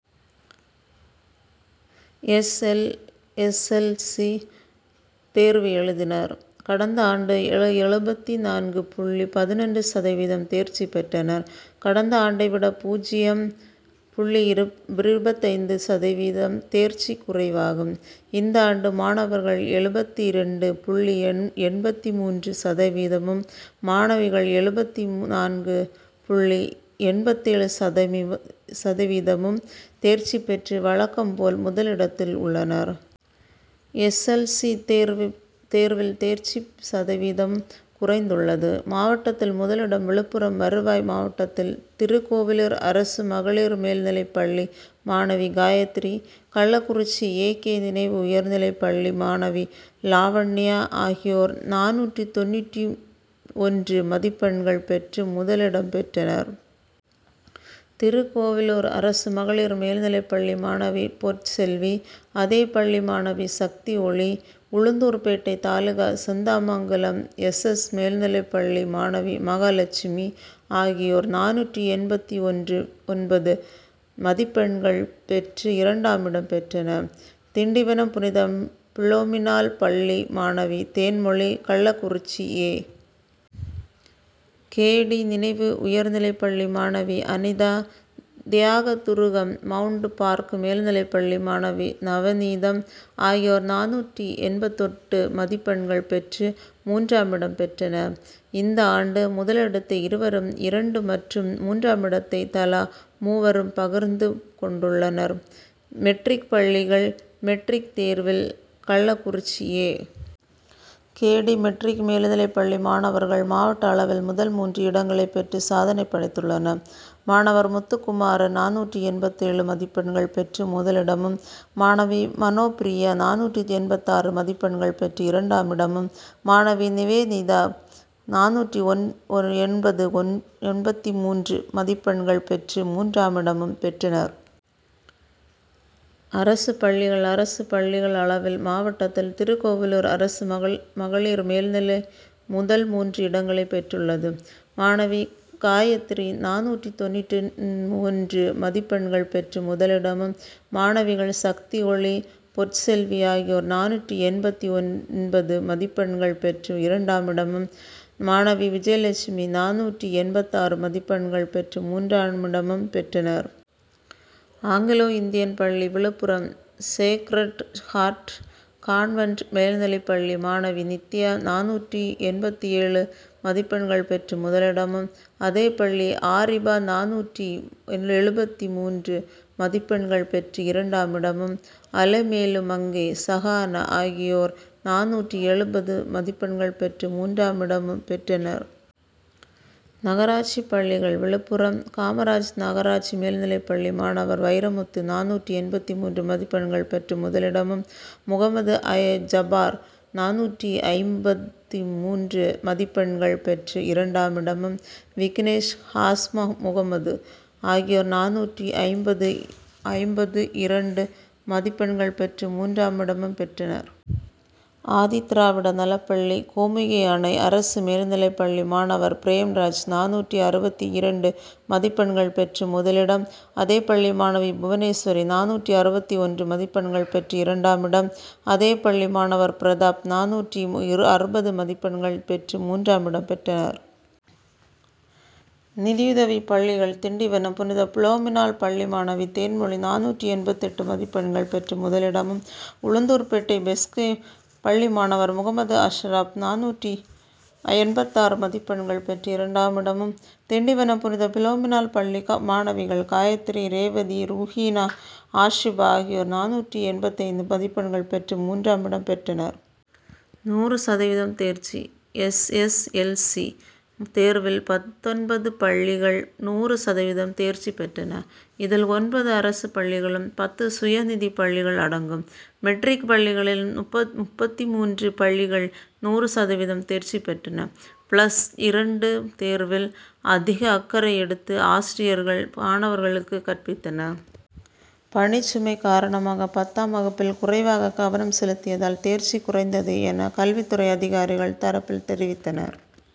S. L. S. L. C. தேர்வு எழுதினர். கடந்த ஆண்டு எழுப எழுபத்து நான்கு புள்ளி பதினொன்று சதவீதம் தேர்ச்சி பெற்றனர். கடந்த ஆண்டை விட பூஜ்ஜியம் புள்ளி இருபத் இருபத்தைந்து சதவீதம் தேர்ச்சி குறைவாகும். இந்த ஆண்டு மாணவர்கள் எழுபத்திரண்டு புள்ளி எண்பத்து மூன்று சதவீதமும், மாணவிகள் எழுபத்து நான்கு புள்ளி எண்பத்தேழு சதவீ சதவீதமும் தேர்ச்சி பெற்று வழக்கம் போல் முதலிடத்தில் உள்ளனர். எஸ். எல். சி., தேர்வில் தேர்ச்சி சதவீதம் குறைந்துள்ளது. மாவட்டத்தில் முதலிடம் விழுப்புரம் வருவாய் மாவட்டத்தில் திருக் கோவிலூர் அரசு மகளிர் மேல் நிலைப்பள்ளி மாணவி காயத்திரி, கள்ளக்குறிச்சி ஏ. கே. நினைவு உயர் நிலைப்பள்ளி மாணவி லாவண்யா ஆகியோர் நானூற்று தொண்ணூற்று ஒன்று மதிப்பெண்கள் பெற்று முதலிடம் பெற்றனர். திருக்கோவிலூர் அரசு மகளிர் மேல்நிலைப் பள்ளி மாணவி பொற் செல்வி, அதே பள்ளி மாணவி Sakthioli, Ulundurpet taluka Sendamangalam S. S. மேல் நிலைப் பள்ளி மாணவி மகாலட்சுமி ஆகியோர் நானூற்று எண்பத்தொன்பது மதிப் பெண்கள் பெற்று இரண்டாமிடம் பெற்றனர். திண்டிவனம் புனித பிளோமினாள் பள்ளி மாணவி தேன்மொழி, கள்ளக்குறிச்சி ஏ. கே. டி.,நினைவு உயர்நிலைப் பள்ளி மாணவி அனிதா, தியாகதுருகம் மவுண்ட் பார்க் மேல்நிலைப் பள்ளி மாணவி நவநீதம் ஆகியோர் நானூற்று எண்பத்தெட்டு மதிப்பெண்கள் பெற்று மூன்றாமிடம் பெற்றனர். இந்த ஆண்டு முதலிடத்தை இருவரும், இரண்டு மற்றும் மூன்றாமிடத்தை தலா மூவரும் பகிர்ந்து கொண்டுள்ளனர். மெட்ரிக்பள்ளிகள் மெட்ரிக் தேர்வில் Kallakurichi A. K. T., matric மேல்நிலை பள்ளி மாணவர்கள் மாவட்ட அளவில் முதல் மூன்று இடங்களை பெற்று சாதனை படைத்துள்ளனர். மாணவர் முத்துக்குமரன் நானூற்று எண்பத்தேழு மதிப்பெண்கள் பெற்று முதலிடமும், மாணவி மனோபிரியா நானூற்று எண்பத்தாறு மதிப்பெண்கள் பெற்று இரண்டாமிடமும், மாணவி நிவேதிதா நானூற்று ஒன்பது என்பது எண்பத்து மூன்று மதிப்பெண்கள் பெற்று மூன்றாமிடமும் பெற்றனர். அரசு பள்ளிகள் அரசு பள்ளிகள் அளவில் மாவட்டத்தில் திருக்கோவிலூர் அரசு மகளிர் மேல் நிலை முதல் மூன்று இடங்களை பெற் றுள்ளது. மாணவி காயத்ரி நானூற்று தொண்ணூற்று ஒன்று மதிப் பெண்கள் பெற்று முதலிடமும், மாணவிகள் சக்திஒளி, பொற் செல்வி ஆகியோர் நானூற்று எண்பத்தொன்பது மதிப்பெண்கள் பெற்று இரண்டாமிடமும், மாணவி விஜயலட்சுமி நானூற்று எண்பத்தாறு மதிப்பெண்கள் பெற்று மூன்றாமிடமும் பெற்றனர். ஆங்கிலோ இந்தியன் பள்ளி Viluppuram Sacred Heart Convent மேல் நிலைப் பள்ளி மாணவி நித்யா நானூற்று எழுபத்தேழு மதிப்பெண்கள் பெற்று முதலிடமும், அதே பள்ளி ஆரிபா நானூற்று எழுபத்து மூன்று மதிப்பெண்கள் பெற்று இரண்டாமிடமும், அலமேலுமங்கை, சகானா ஆகியோர் நானூற்று எழுபது மதிப்பெண்கள் பெற்று மூன்றாமிடம் பெற்றனர். நகராட்சி பள்ளிகள் விழுப்புரம் காமராஜ் நகராட்சி மேல் நிலைப்பள்ளி மாணவர் வைரமுத்து நானூற்று எண்பத்து மூன்று மதிப்பெண்கள் பெற்று முதலிடமும், முகமது ஜபார் நானூற்று ஐம்பத்து மூன்று மதிப்பெண்கள் பெற்று இரண்டாமிடமும், விக்னேஷ், ஹாஸ்முகமது ஆகியோர் நானூற்று ஐம்பத்து இரண்டு மதிப்பெண்கள் பெற்று மூன்றாமிடமும் பெற்றனர். ஆதிதிராவிட நலப்பள்ளி கோமுகி அணை அரசு மேல்நிலைப்பள்ளி மாணவர் பிரேம்ராஜ் நானூற்று அறுபத்து இரண்டு மதிப்பெண்கள் பெற்று முதலிடம், அதே பள்ளி மாணவி புவனேஸ்வரி நானூற்று அறுபத்து ஒன்று மதிப்பெண்கள் பெற்று இரண்டாமிடம், அதே பள்ளி மாணவர் பிரதாப் நானூற்று அறுபது மதிப்பெண்கள் பெற்று மூன்றாமிடம் பெற்றனர். நிதியுதவி பள்ளிகள் திண்டிவனம் புனித பிளோமினாள் பள்ளி மாணவி தேன்மொழி நானூற்று எண்பத்தெட்டு மதிப்பெண்கள் பெற்று முதலிடமும், உளுந்தூர்பேட்டை பெஸ்கி பள்ளி மாணவர் முகமது அஷரப் நானூற்று எண்பத்தாறு மதிப்பெண்கள் பெற்று இரண்டாமிடமும், திண்டிவனம் புனித பிளோமினாள் பள்ளி மாணவிகள் காயத்ரி, ரேவதி, ரூகினா ஆசிபா ஆகியோர் நானூற்று எண்பத்தைந்து மதிப்பெண்கள் பெற்று மூன்றாமிடம் பெற்றனர். நூறு சதவீதம் தேர்ச்சி எஸ். எஸ். எல். சி.,தேர்வில் பத்தொன்பது பள்ளிகள் நூறு சதவீதம் தேர்ச்சி பெற்றன. இதில் ஒன்பது அரசு பள்ளிகளும், பத்து சுய நிதி பள்ளிகள் அடங்கும். மெட்ரிக் பள்ளிகளில் முப்பத்து மூன்று பள்ளிகள் நூறு சதவீதம் தேர்ச்சி பெற்றன. பிளஸ் இரண்டு தேர்வில் அதிக அக்கறை எடுத்து ஆசிரியர்கள் மாணவர்களுக்கு கற்பித்தனர். பணி சுமை காரணமாக பத்தாம் வகுப்பில் குறைவாக கவனம் செலுத்தியதால் தேர்ச்சி குறைந்தது என கல்வித் துறை அதிகாரிகள் தரப்பில் தெரிவித்தனர்.